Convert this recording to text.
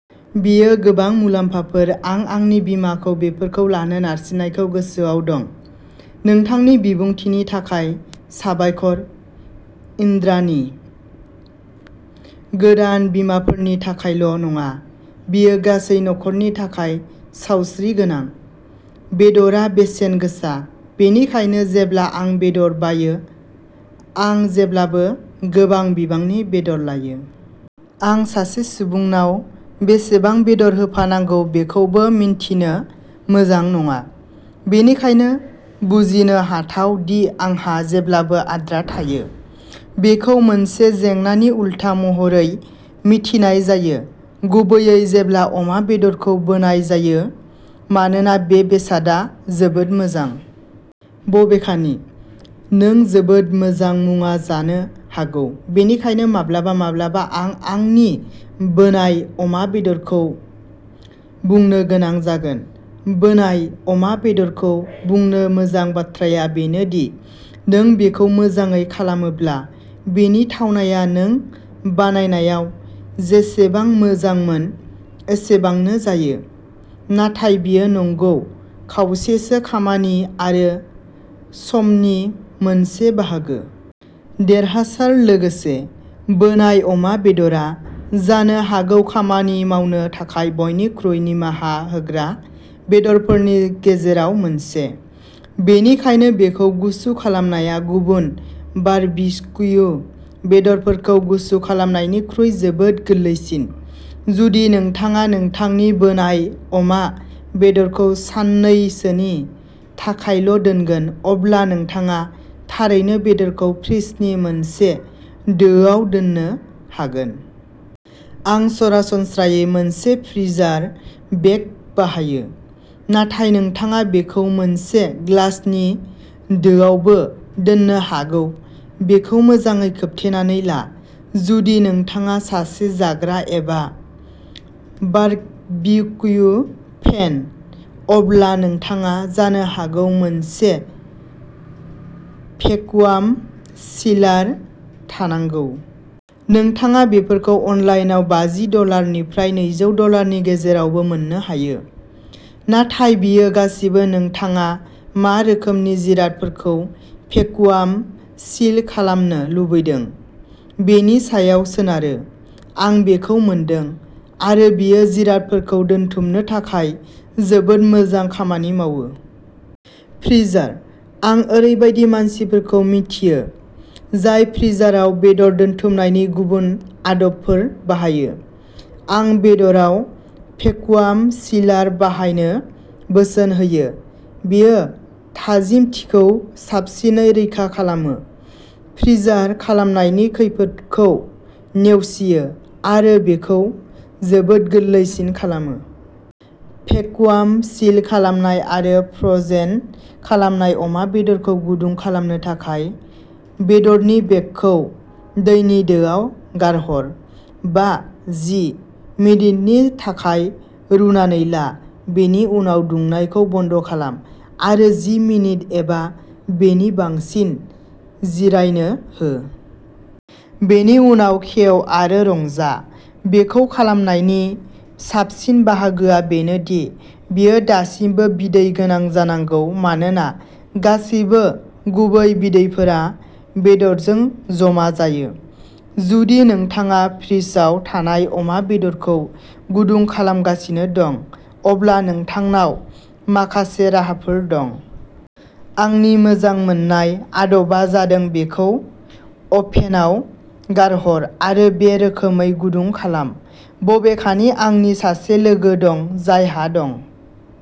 बेयो गोबां मुलाम्फाफोर आं आंनि बिमाखौ बेफोरखौ लानो नारसिननायखौ गोसोआव दं। नोंथांनि बिबुंथिनि थाखाय साबायखर इन्द्राणी। गोदान बिमाफोरनि थाखायल' नङा, बेयो गासै नखरनि थाखाय सावस्रिगोनां। बेदरआ बेसेन गोसा, बेनिखायनो जेब्ला आं बेदर बायो आं जेब्लाबो गोबां बिबांनि बेदर लायो। आं सासे सुबुंनाव बेसेबां बेदर होफानांगौ बेखौबो मिन्थिनो मोजां नङा। बेनिखायनो, बुजिनो हाथाव दि आंहा जेब्लाबो आद्रा थायो। बेखौ मोनसे जेंनानि उलथा महरै मिथिनाय जायो, गुबैयै जेब्ला अमा बेदरखौ बोनाय जायो मानोना बे बेसादआ जोबोद मोजां। बबेखानि, नों जोबोद मोजां मुवा जानो हागौ बेनिखायनो माब्लाबा-माब्लाबा आं आंनि बोनाय अमा बेदरखौ बुंनो गोनां जागोन। बोनाय अमा बेदरखौ बुंनो मोजां बाथ्राया बेनो दि नों बेखौ मोजाङै खालामोब्ला, बेनि थावनाया नों बानायनायाव जेसेबां मोजांमोन एसेबांनो जायो, नाथाय बेयो नंगौ खावसेसो खामानि आरो समनि मोनसे बाहागो। देरहासार लोगोसे, बोनाय अमा बेदरआ जानो हागौ खामानि मावनो थाखाय बयनिख्रुइ निमाहा होग्रा बेदरफोरनि गेजेराव मोनसे, बेनिखायनो बेखौ गुसु खालामनाया गुबुन बारबिक्यु बेदरफोरखौ गुसु खालामनायनिख्रुइ जोबोद गोरलैसिन। जुदि नोंथाङा नोंथांनि बोनाय अमा बेदरखौ साननैसोनि थाखायल' दोनगोन, अब्ला नोंथाङा थारैनो बेदरखौ फ्रिजनि मोनसे दोआव दोननो हागोन। आं सरासनस्रायै मोनसे फ्रिजार बेग बाहायो, नाथाय नोंथाङा बेखौ मोनसे ग्लासनि दोआवबो दोननो हागौ बेखौ मोजाङै खोबथेनानै ला। जुदि नोंथाङा सासे जाग्रा एबा बारबिक्यु फेन, अब्ला नोंथाङा जानो हागौ मोनसे भेकुवाम सिलार थानांगौ। नोंथाङा बेफोरखौ अनलाइनआव बाजि डलार निफ्राय नैजौ डलारनि गेजेरावबो मोननो हायो, नाथाय बेयो गासिबो नोंथाङा मा रोखोमनि जिरादफोरखौ भेकुवाम सिल खालामनो लुबैदों बेनि सायाव सोनारो। आं बेखौ मोनदों, आरो बेयो जिरादफोरखौ दोनथुमनो थाखाय जोबोद मोजां खामानि मावो। फ्रिजार आं ओरैबायदि मानसिफोरखौ मिथियो, जाय फ्रिजाराव बेदर दोनथुमनायनि गुबुन आदबफोर बाहायो, आं बेदराव भेकुवाम सिलार बाहायनो बोसोन होयो। बेयो थाजिमथिखौ साबसिनै रैखा खालामो, फ्रिजार खामनायनि खैफोदखौ नेवसियो, आरो बेखौ जोबोद गोरलैसिन खालामो। भेकुवाम सिल खालामनाय आरो फ्र'जेन खालामनाय अमा बेदरखौ गुदुं खालामनो थाखाय, बेदरनि बेगखौ दैनि दोआव गारहर, बा-जि मिनिटनि थाखाय रुनानै ला, बेनि उनाव दुंनायखौ बन्द खालाम आरो जि मिनिट एबा बेनि बांसिन जिरायनो हो। बेनि उनाव खेव आरो रंजा, बेखौ खालामनायनि साबसिन बाहागोआ बेनो दि बेयो दासिमबो बिदै गोनां जानांगौ मानोना गासैबो गुबै बिदैफोरा बेदरजों जमा जायो। जुदि नोंथाङा फ्रिजआव थानाय अमा बेदरखौ गुदुं खालामगासिनो दं, अब्ला नोंथांनाव माखासे राहाफोर दं। आंनि मोजां मोननाय आदबा जादों बेखौ अभेनआव गारहर आरो बे रोखोमै गुदुं खालाम, बबेखानि आंनि सासे लोगो दं जायहा दं।